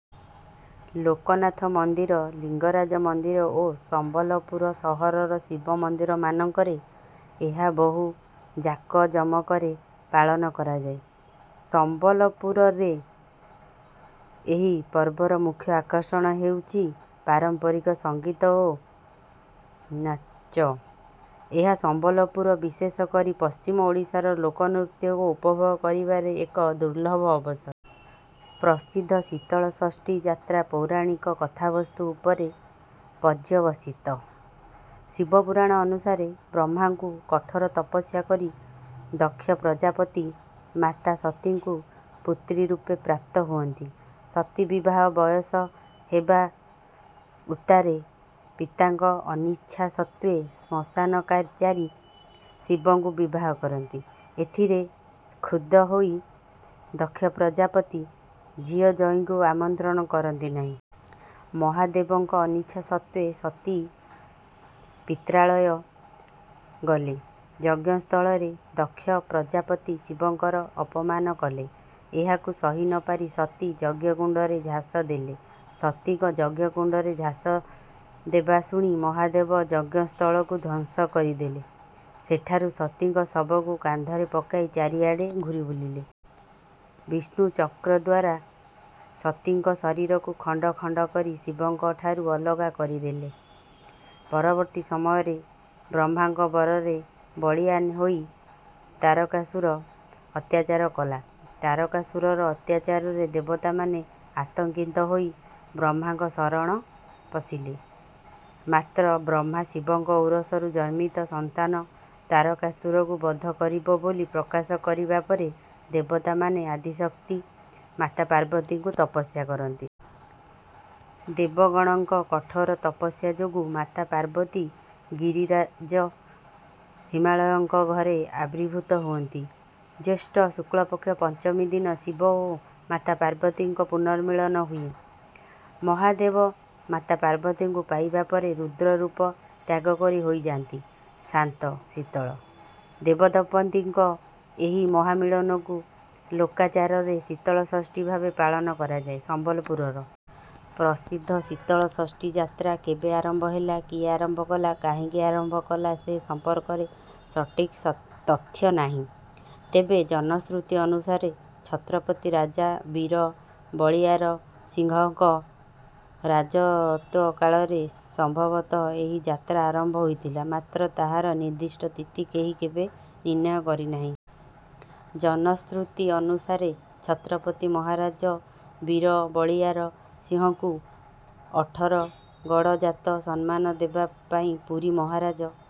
ଲୋକନାଥ ମନ୍ଦିର, ଲିଙ୍ଗରାଜ ମନ୍ଦିର ଓ ସମ୍ବଲପୁର ସହରର ଶିବ ମନ୍ଦିରମାନଙ୍କରେ ଏହା ବହୁ ଜାକଜମକରେ ପାଳନ କରାଯାଏ। ସମ୍ବଲପୁରରେ ଏହି ପର୍ବର ମୁଖ୍ୟ ଆକର୍ଷଣ ହେଉଛି ପାରମ୍ପରିକ ସଙ୍ଗୀତ ଓ ନାଚ। ଏହା ସମ୍ବଲପୁର, ବିଶେଷକରି ପଶ୍ଚିମ ଓଡ଼ିଶାର ଲୋକନୃତ୍ୟକୁ ଉପଭୋଗ କରିବାରେ ଏକ ଦୁର୍ଲଭ ଅବସର। ପ୍ରସିଦ୍ଧ ଶୀତଳଷଷ୍ଠୀ ଯାତ୍ରା ପୌରାଣିକ କଥାବସ୍ତୁ ଉପରେ ପର୍ଯ୍ୟବସିତ। ଶିବପୁରାଣ ଅନୁସାରେ ବ୍ରହ୍ମାଙ୍କୁ କଠୋର ତପସ୍ୟା କରି ଦକ୍ଷପ୍ରଜାପତି ମାତା ସତୀଙ୍କୁ ପୁତ୍ରୀ ରୂପେ ପ୍ରାପ୍ତ ହୁଅନ୍ତି। ସତୀ ବିବାହ ବୟସ ହେବା ଉତ୍ତାରେ ପିତାଙ୍କ ଅନିଚ୍ଛା ସତ୍ତ୍ୱେ ଶ୍ମଶାନଚାରୀ ଶିବଙ୍କୁ ବିବାହ କରନ୍ତି। ଏଥିରେ କ୍ଷୁବ୍ଧ ହୋଇ ଦକ୍ଷପ୍ରଜାପତି ଝିଅ-ଜ୍ୱାଇଁଙ୍କୁ ଆମନ୍ତ୍ରଣ କରନ୍ତି ନାହିଁ। ମହାଦେବଙ୍କ ଅନିଚ୍ଛା ସତ୍ତ୍ୱେ ସତୀ ପିତ୍ରାଳୟ ଗଲେ। ଯଜ୍ଞସ୍ଥଳରେ ଦକ୍ଷପ୍ରଜାପତି ଶିବଙ୍କର ଅପମାନ କଲେ, ଏହାକୁ ସହି ନ ପାରି ସତୀ ଯଜ୍ଞକୁଣ୍ଡରେ ଝାସ ଦେଲେ। ସତୀଙ୍କ ଯଜ୍ଞକୁଣ୍ଡରେ ଝାସ ଦେବା ଶୁଣି ମହାଦେବ ଯଜ୍ଞସ୍ଥଳକୁ ଧ୍ୱଂସ କରିଦେଲେ। ସେଠାରୁ ସତୀଙ୍କ ଶବକୁ କାନ୍ଧରେ ପକାଇ ଚାରିଆଡ଼େ ଘୂରିବୁଲିଲେ। ବିଷ୍ଣୁ ଚକ୍ର ଦ୍ୱାରା ସତୀଙ୍କ ଶରୀରକୁ ଖଣ୍ଡ ଖଣ୍ଡ କରି ଶିବଙ୍କ ଠାରୁ ଅଲଗା କରିଦେଲେ। ପରବର୍ତ୍ତୀ ସମୟରେ ବ୍ରହ୍ମାଙ୍କ ବରରେ ବଳୀୟାନ ହୋଇ ତାରକାସୁର ଅତ୍ୟାଚାର କଲା। ତାରକାସୁରର ଅତ୍ୟାଚାରରେ ଦେବତାମାନେ ଆତଙ୍କିତ ହୋଇ ବ୍ରହ୍ମାଙ୍କ ଶରଣ ପଶିଲେ। ମାତ୍ର ବ୍ରହ୍ମା, ଶିବଙ୍କ ଔରସରୁ ଜନ୍ମିତ ସନ୍ତାନ ତାରକାସୁରକୁ ବଧ କରିବ ବୋଲି ପ୍ରକାଶ କରିବା ପରେ, ଦେବତାମାନେ ଆଦିଶକ୍ତି ମାତା ପାର୍ବତୀଙ୍କୁ ତପସ୍ୟା କରନ୍ତି। ଦେବଗଣଙ୍କ କଠୋର ତପସ୍ୟା ଯୋଗୁଁ ମାତା ପାର୍ବତୀ ଗିରିରାଜ ହିମାଳୟଙ୍କ ଘରେ ଆବିର୍ଭୂତ ହୁଅନ୍ତି। ଜ୍ୟେଷ୍ଠ ଶୁକ୍ଳପକ୍ଷ ପଞ୍ଚମୀ ଦିନ ଶିବ ଓ ମାତା ପାର୍ବତୀଙ୍କ ପୁନଃମିଳନ ହୁଏ। ମହାଦେବ ମାତା ପାର୍ବତୀଙ୍କୁ ପାଇବା ପରେ ରୁଦ୍ର ରୂପ ତ୍ୟାଗ କରି ହୋଇଯାନ୍ତି ଶାନ୍ତ, ଶୀତଳ। ଦେବଦମ୍ପତିଙ୍କ ଏହି ମହାମିଳନକୁ ଲୋକାଚାରରେ ଶୀତଳଷଷ୍ଠୀ ଭାବେ ପାଳନ କରାଯାଏ। ସମ୍ବଲପୁରର ପ୍ରସିଦ୍ଧ ଶୀତଳଷଷ୍ଠୀ ଯାତ୍ରା କେବେ ଆରମ୍ଭ ହେଲା, କିଏ ଆରମ୍ଭ କଲା, କାହିଁକି ଆରମ୍ଭ କଲା ସେ ସମ୍ପର୍କରେ ସଠିକ୍ ତଥ୍ୟ ନାହିଁ। ତେବେ ଜନଶ୍ରୁତି ଅନୁସାରେ ଛତ୍ରପତି ରାଜା ବୀର ବଳିୟାର ସିଂହଙ୍କ ରାଜତ୍ୱକାଳରେ ସମ୍ଭବତଃ ଏହି ଯାତ୍ରା ଆରମ୍ଭ ହୋଇଥିଲା। ମାତ୍ର ତାହାର ନିର୍ଦ୍ଦିଷ୍ଟ ତିଥି କେହି କେବେ ନିର୍ଣ୍ଣୟ କରିନାହିଁ। ଜନଶ୍ରୁତି ଅନୁସାରେ ଛତ୍ରପତି ମହାରାଜ ବୀର ବଳିୟାର ସିଂହଙ୍କୁ ଅଠର ଗଡ଼ଜାତ ସମ୍ମାନ ଦେବା ପାଇଁ ପୁରୀ ମହାରାଜ।